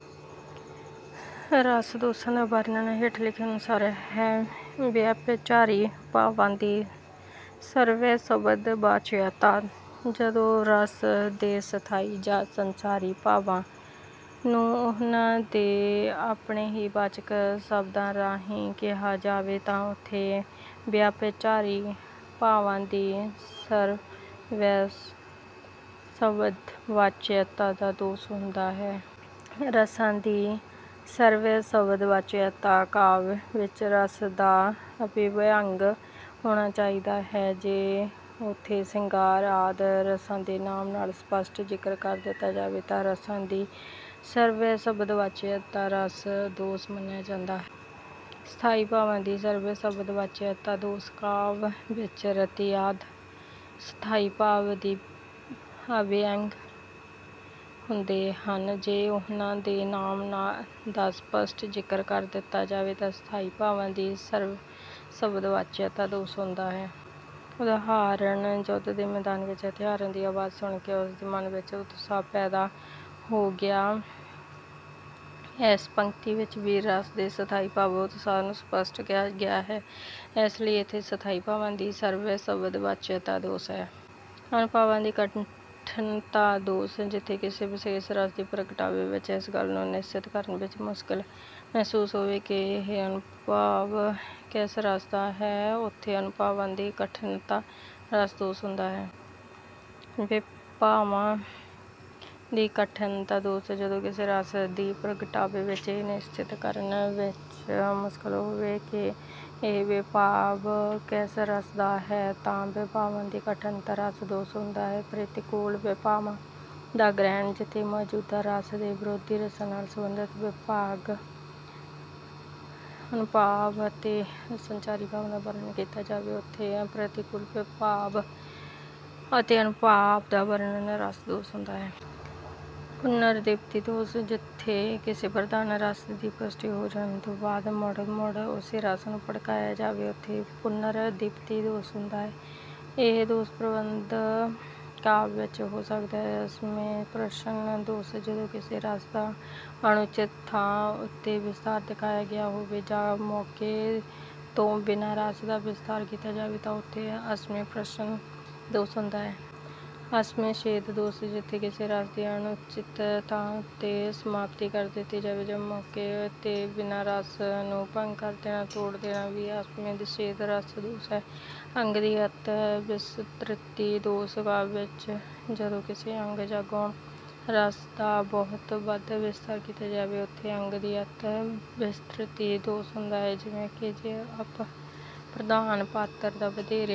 ਰਸ ਦੋਸ਼ਾਂ ਦਾ ਵਰਣਨ ਹੇਠ ਲਿਖੇ ਅਨੁਸਾਰ ਹੈ: ਵਿਆਭਿਚਾਰੀ ਭਾਵਾਂ ਦੀ ਸ਼੍ਰਵੈਸ਼ਬਦਵਾਚਯਤਾ-ਜਦੋਂ ਰਸ ਦੇ ਸਥਾਈ ਜਾਂ ਸੰਚਾਰੀ ਭਾਵਾਂ ਨੂੰ ਉਨ੍ਹਾਂ ਦੇ ਆਪਣੇ ਹੀ ਵਾਚਕ ਸ਼ਬਦਾਂ ਰਾਹੀਂ ਕਿਹਾ ਜਾਵੇ ਤਾਂ ਉੱਥੇ 'ਵਿਆਭਿਚਾਰੀ ਭਾਵਾਂ ਦੀ ਸ਼੍ਰਵੈਸ਼ਬਦਵਾਚਯਤਾ ਦਾ ਦੋਸ਼ ਹੁੰਦਾ ਹੈ। ਰਸਾਂ ਦੀ ਸ਼੍ਰਵੈਸ਼ਬਦਵਾਚਯਤਾ- ਕਾਵਿ ਵਿੱਚ ਰਸ ਸਦਾ ਅਭਿਵਿਅੰਗ ਹੋਣਾ ਚਾਹੀਦਾ ਹੈ। ਜੇ ਉੱਥੇ 'ਸਿੰਗਾਰ' ਆਦਿ ਰਸਾਂ ਦੇ ਨਾਮ ਦਾ ਸਪੱਸ਼ਟ ਜ਼ਿਕਰ ਕਰ ਦਿੱਤਾ ਜਾਵੇ ਤਾਂ 'ਰਸਾ ਦੀ ਸ਼੍ਰਵੈਸ਼ਬਦਵਾਚਯਤਾ' ਰਸ ਦੋਸ਼ ਮੰਨਿਆ ਜਾਂਦਾ ਹੈ। ਸਥਾਈ ਭਾਵਾਂ ਦੀ ਸ਼੍ਰਵੈਸ਼ਬਦਵਾਚਯਤਾ ਦੋਸ਼- ਕਾਵਿ ਵਿੱਚ 'ਰਤੀ' ਆਦਿ ਸਥਾਈ ਭਾਵ ਵੀ ਅਭਿਵਿਅੰਗ ਹੁੰਦੇ ਹਨ। ਜੇ ਉਨ੍ਹਾਂ ਦੇ ਨਾਮ ਦਾ ਸਪੱਸ਼ਟ ਜ਼ਿਕਰ ਕਰ ਦਿੱਤਾ ਜਾਵੇ ਤਾਂ 'ਸਥਾਈ ਭਾਵਾਂ ਦੀ ਸ਼੍ਰਵੈਸ਼ਬਦਵਾਚਯਤਾ' ਦੋਸ਼ ਹੁੰਦਾ ਹੈ। ਉਦਾਹਰਨ- ਯੁੱਧ ਦੇ ਮੈਦਾਨ ਵਿੱਚ ਹਥਿਆਰਾਂ ਦੀ ਆਵਾਜ਼ ਸੁਣ ਕੇ ਉਸ ਦੇ ਮਨ ਵਿੱਚ ਉਤਸ਼ਾਹ ਪੈਦਾ ਹੋ ਗਿਆ। ਇਸ ਪੰਕਤੀ ਵਿੱਚ ਵੀਰ ਰਸ ਦੇ ਸਥਾਈ ਭਾਵ 'ਉਤਸ਼ਾਹ' ਨੂੰ ਸਪੱਸ਼ਟ ਕਿਹਾ ਗਿਆ ਹੈ, ਇਸ ਲਈ ਇੱਥੇ 'ਸਥਾਈ ਭਾਵਾਂ ਦੀ ਸ਼੍ਰਵੈਸ਼ਬਦਵਾਚਯਤਾ' ਦੋਸ਼ ਹੈ। ਅਨੁਭਾਵਾਂ ਦੀ ਕਠਿਨਤਾ ਦੋਸ਼- ਜਿੱਥੇ ਕਿਸੇ ਵਿਸ਼ੇਸ਼ ਰਸ ਦੀ ਪ੍ਰਗਟਾਵੇ ਵਿੱਚ ਇਸ ਗੱਲ ਨੂੰ ਨਿਸ਼ਚਿਤ ਕਰਨ ਵਿੱਚ ਮੁਸ਼ਕਲ ਮਹਿਸੂਸ ਹੋਵੇ ਕਿ ਇਹ ਅਨੁਭਾਵ ਕਿਸ ਰਸ ਦਾ ਹੈ, ਉੱਥੇ 'ਅਨੁਭਾਵਾਂ ਦੀ ਕਠਿਨਤਾ' ਰਸ ਦੋਸ਼ ਹੁੰਦਾ ਹੈ। ਵਿਭਾਵਾਂ ਦੀ ਕਠਿਨਤਾ ਦੋਸ਼- ਜਦੋਂ ਕਿਸੇ ਰਸ ਦੀ ਪ੍ਰਗਟਾਵੇ ਵਿੱਚ ਇਹ ਨਿਸ਼ਚਿਤ ਕਰਨ ਵਿੱਚ ਮੁਸ਼ਕਲ ਹੋਵੇ ਕਿ ਇਹ ਵਿਭਾਵ ਕਿਸ ਰਸ ਦਾ ਹੈ ਤਾਂ 'ਵਿਭਾਵਾਂ ਦੀ ਕਠਿਨਤਾ' ਰਸ ਦੋਸ਼ ਹੁੰਦਾ ਹੈ। ਪ੍ਰਤੀਕੂਲ ਵਿਭਾਵ ਦਾ ਗ੍ਰਹਿਣ- ਜਿੱਥੇ ਮੌਜੂਦਾ ਰਸ ਦੇ ਵਿਰੋਧੀ ਰਸਾਂ ਨਾਲ ਸਬੰਧਤ ਵਿਭਾਵ, ਅਨੁਭਾਵ ਅਤੇ ਸੰਚਾਰੀ ਭਾਵਾਂ ਦਾ ਵਰਣਨ ਕੀਤਾ ਜਾਵੇ, ਉੱਥੇ 'ਪ੍ਰਤੀਕੂਲ ਵਿਭਾਵ ਅਤੇ ਅਨੁਭਾਵ ਦਾ ਵਰਣਨ' ਰਸ ਦੋਸ਼ ਹੁੰਦਾ ਹੈ। ਪੁਨਰਦੀਪਤੀ ਦੋਸ਼- ਜਿੱਥੇ ਕਿਸੇ ਪ੍ਰਧਾਨ ਰਸ ਦੀ ਪੁਸ਼ਟੀ ਹੋ ਜਾਣ ਤੋਂ ਬਾਅਦ ਮੁੜ-ਮੁੜ ਉਸੇ ਰਸ ਨੂੰ ਭੜਕਾਇਆ ਜਾਵੇ, ਉੱਥੇ 'ਪੁਨਰਦੀਪਤੀ' ਦੋਸ਼ ਹੁੰਦਾ ਹੈ। ਇਹ ਦੋਸ਼ ਪ੍ਰਬੰਧ ਕਾਵਿ ਵਿੱਚ ਹੋ ਸਕਦਾ ਹੈ। ਅਸਮੇਂ ਪ੍ਰਸ਼ਨ ਦੋਸ਼- ਜਦੋਂ ਕਿਸੇ ਰਸ ਦਾ ਅਣਉਚਿਤ ਥਾਂ ਉੱਤੇ ਵਿਸਥਾਰ ਦਿਖਾਇਆ ਗਿਆ ਹੋਵੇ ਜਾਂ ਮੌਕੇ ਤੋਂ ਬਿਨਾਂ ਰਸ ਦਾ ਵਿਸਥਾਰ ਕੀਤਾ ਜਾਵੇ ਤਾਂ ਉੱਥੇ 'ਅਸਮੇਂ ਪ੍ਰਸ਼ਨ' ਦੋਸ਼ ਹੁੰਦਾ ਹੈ। ਅਸਮੇਂ ਛੇਦ ਦੋਸ਼- ਜਿੱਥੇ ਕਿਸੇ ਰਸ ਦੀ ਅਣਉਚਿਤ ਥਾਂ ਉੱਤੇ ਸਮਾਪਤੀ ਕਰ ਦਿੱਤੀ ਜਾਵੇ ਜਾਂ ਮੌਕੇ ਤੋਂ ਬਿਨਾਂ ਰਸ ਨੂੰ ਭੰਗ ਕਰ ਦੇਣਾ, ਤੋੜ ਦੇਣਾ ਵੀ 'ਅਸਮੇਂ ਛੇਦ' ਰਸ ਦੋਸ਼ ਹੈ। ਅੰਗ ਦੀ ਅਤਿ ਵਿਸਤ੍ਰਿਤੀ ਦੋਸ਼- ਕਾਵਿ ਵਿੱਚ ਜਦੋਂ ਕਿਸੇ ਅੰਗ ਜਾਂ ਗੌਣ ਰਸ ਦਾ ਬਹੁਤ ਵੱਧ ਵਿਸਥਾਰ ਕੀਤਾ ਜਾਵੇ, ਉੱਥੇ 'ਅੰਗ ਦੀ ਅਤਿ ਵਿਸਤ੍ਰਿਤੀ' ਦੋਸ਼ ਹੁੰਦਾ ਹੈ। ਜਿਵੇਂ ਕਿ ਜੇ ਅਪ੍ਰਧਾਨ ਪਾਤਰ ਦਾ ਵਧੇਰੇ